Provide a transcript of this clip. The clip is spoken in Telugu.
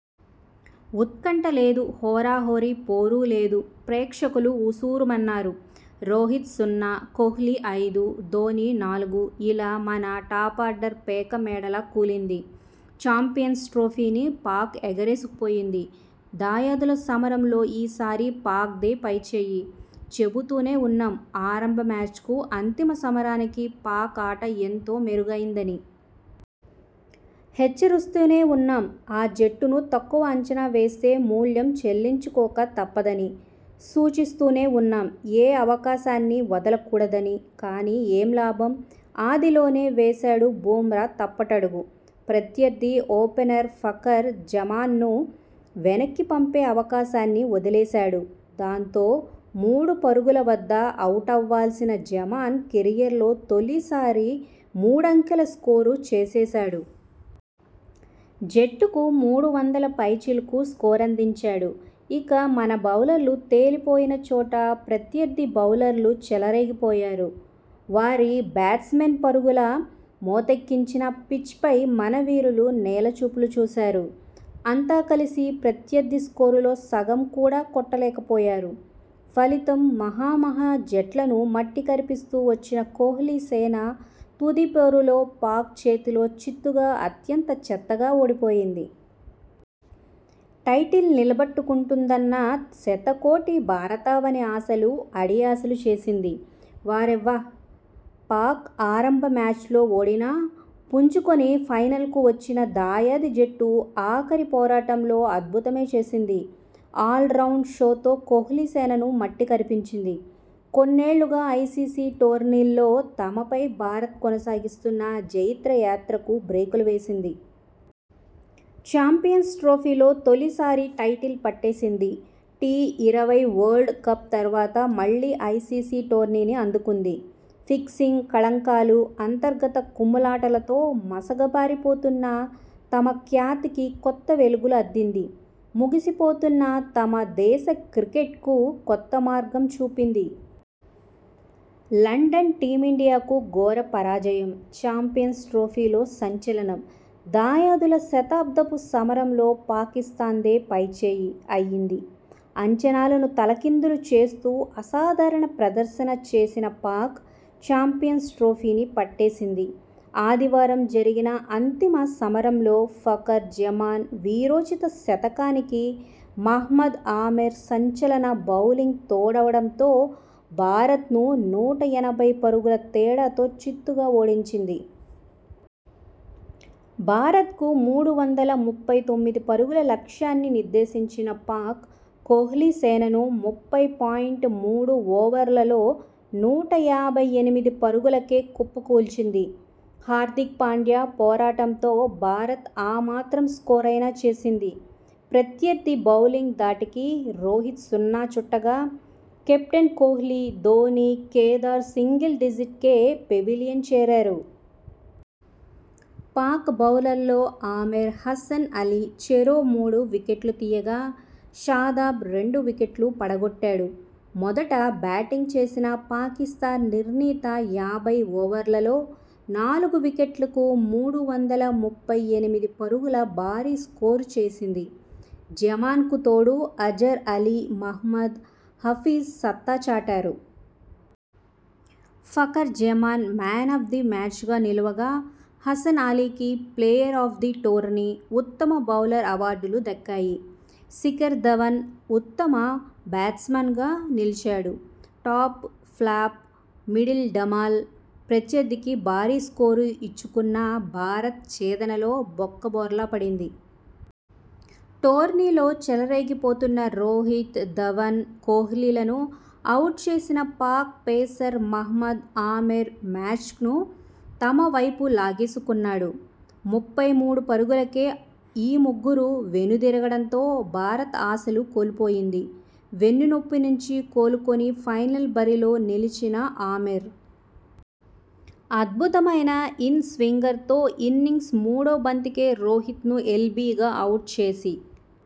ఉత్కంఠ లేదు, హోరాహోరీ పోరూ లేదు. ప్రేక్షకులు ఉసూరుమన్నారు. రోహిత్ సున్నా, కోహ్లీ ఐదు, ధోనీ నాలుగు, ఇలా మన టాపార్డర్ పేక మేడలా కూలింది. చాంపియన్స్ ట్రోఫీని పాక్ ఎగరేసుకు పోయింది. దాయాదుల సమరంలో ఈసారి పాక్దే పైచేయి, చెబుతూనే ఉన్నాం.. ఆరంభ మ్యాచ్కు అంతిమ సమరానికి పాక్ ఆట ఎంతో మెరుగైందని! హెచ్చరిస్తూనే ఉన్నాం.. ఆ జట్టును తక్కువ అంచనా వేస్తే మూల్యం చెల్లించుకోక తప్పదని! సూచిస్తూనే ఉన్నాం, ఏ అవకాశాన్ని వదల కూడదని! కానీ, ఏం లాభం! ఆదిలోనే వేశాడు బుమ్రా 'తప్పటడుగు'! ప్రత్యర్థి ఓపెనర్ ఫఖర్ జమాన్ను వెనక్కి పంపే అవకాశాన్ని వదిలేశాడు.! దాంతో మూడు పరుగుల వద్ద అవుటవ్వాల్సిన జమాన్ కెరీర్లో తొలిసారి మూడంకెల స్కోరు చేసేశాడు.! జట్టుకు మూడు వందల పైచిలుకు స్కోరందించాడు! ఇక, మన బౌలర్లు తేలి పోయిన చోట ప్రత్యర్థి బౌలర్లు చెలరేగిపోయారు.! వారి బ్యాట్స్మెన్ పరుగుల మోతెక్కించిన పిచ్పై మన వీరులు నేల చూపులు చూశారు.! అంతా కలిసి ప్రత్యర్థి స్కోరులో సగం కూడా కొట్టలేక పోయారు.! ఫలితం మహా మహా జట్లను మట్టి కరిపిస్తూ వచ్చిన కోహ్లీ సేన తుది పోరులో పాక్ చేతిలో చిత్తుగా, అత్యంత చెత్తగా ఓడిపోయింది! టైటిల్ నిలబెట్టు కుంటుందున్న శతకోటి భారతావని ఆశలు అడియాశలు చేసింది.! వారెవ్వా పాక్, ఆరంభ మ్యాచ్లో ఓడినా పుంజు కొని ఫైనల్కు వచ్చిన దాయాది జట్టు, ఆఖరి పోరాటంలో ఆద్భుతమే చేసింది.! ఆల్రౌండ్ షోతో కోహ్లీ సేనను మట్టి కరిపించింది.! కొన్నేళ్లుగా ఐసీసీ టోర్నీల్లో తమపై భారత్ కొనసాగిస్తున్న జైత్ర యాత్రకు బ్రేకులు వేసింది! చాంపియన్స్ ట్రోఫీలో తొలిసారి టైటిల్ పట్టేసింది.! టీ, ఇరవై వరల్డ్ కప్ తర్వాత మళ్లీ ఐసీసీ టోర్నీని అందుకుంది.! ఫిక్సింగ్ కళంకాలు, అంతర్గత కుమ్ము లాటలతో మసక బారిపోతున్న తమ ఖ్యాతికి కొత్త వెలుగులు అద్దింది.! మునిగి పోతున్న తమ దేశ క్రికెట్కు కొత్త మార్గం చూపింది! లండన్ టీమిండియాకు ఘోర పరాజయం. చాంపియన్స్ ట్రోఫీలో సంచలనం. దాయాదుల 'శతాబ్దపు' సమరంలో పాకిస్థాన్దే పైచేయి అయింది. అంచనాలను తలకిందలు చేస్తూ, అసాధారణ ప్రదర్శన చేసిన పాక్, చాంపియన్స్ ట్రోఫీని పట్టేసింది. ఆదివారం జరిగిన అంతిమ సమరంలో ఫఖర్ జమాన్ వీరోచిత శతకానికి, మహమ్మద్ ఆమెర్ సంచలన బౌలింగ్ తోడవడంతో భారత్ను నూట ఎనభై పరుగుల తేడాతో చిత్తుగా ఓడించింది. భారత్కు మూడు వందల ముప్పై తొమ్మిది పరుగుల లక్ష్యాన్ని నిర్దేశించిన పాక్, కోహ్లీ సేనను ముప్పై పాయింట్ మూడు ఓవర్లలో నూట యాభై ఎనిమిది పరుగులకే కుప్ప కూల్చింది. హార్దిక్ పాండ్యా పోరాటంతో భారత్ ఆ మాత్రం స్కోరైనా చేసింది. ప్రత్యర్థి బౌలింగ్ ధాటికి రోహిత్ సున్నా చుట్టగా, కెప్టెన్ కోహ్లీ, ధోనీ, కేదార్ సింగిల్ డిజిట్కే పెవిలియన్ చేరారు. పాక్ బౌలర్లలో ఆమెర్, హసన్ అలీ చెరో మూడు వికెట్లు తీయగా, షాదాబ్ రెండు వికెట్లు పడగొట్టాడు. మొదట బ్యాటింగ్ చేసిన పాకిస్థాన్ నిర్ణీత యాభై ఓవర్లలో నాలుగు వికెట్లకు మూడు వందల ముప్పై ఎనిమిది పరుగుల భారీ స్కోరు చేసింది. జమాన్కు తోడు అజర్ అలీ, మహమ్మద్ హఫీజ్ సత్తా చాటారు. Fakhar Zaman 'man of the మ్యాచ్'గా నిలువగా, హసన్ అలీకి 'ప్లేయర్ ఆఫ్ ద టోర్నీ', 'ఉత్తమ బౌలర్' అవార్డులు దక్కాయి. శిఖర్ ధవన్ ఉత్తమ బ్యాట్స్మన్గా నిలిచాడు. టాప్ ఫ్లాప్, మిడిల్ ఢమాల్, ప్రత్యర్థికి భారీ స్కోరు ఇచ్చుకున్న భారత్ ఛేదనలో బొక్క బోర్లా పడింది. టోర్నీలో చెలరేగిపోతున్న రోహిత్, ధవన్, కోహ్లీలను అవుట్ చేసిన పాక్ పేసర్ మహమ్మద్ ఆమెర్ మ్యాచ్ను తమ వైపు లాగేసు కున్నాడు. ముప్పై మూడు పరుగులకే ఈ ముగ్గురూ వెనుదిరగడంతో భారత్ ఆశలు కోల్పోయింది. వెన్నునొప్పి నుంచి కోలుకొని ఫైనల్ బరిలో నిలిచిన ఆమెర్, అద్భుతమైన ఇన్ స్వింగర్తో ఇన్నింగ్స్ మూడో బంతికే రోహిత్ను ఎల్బీగా అవుట్ చేసి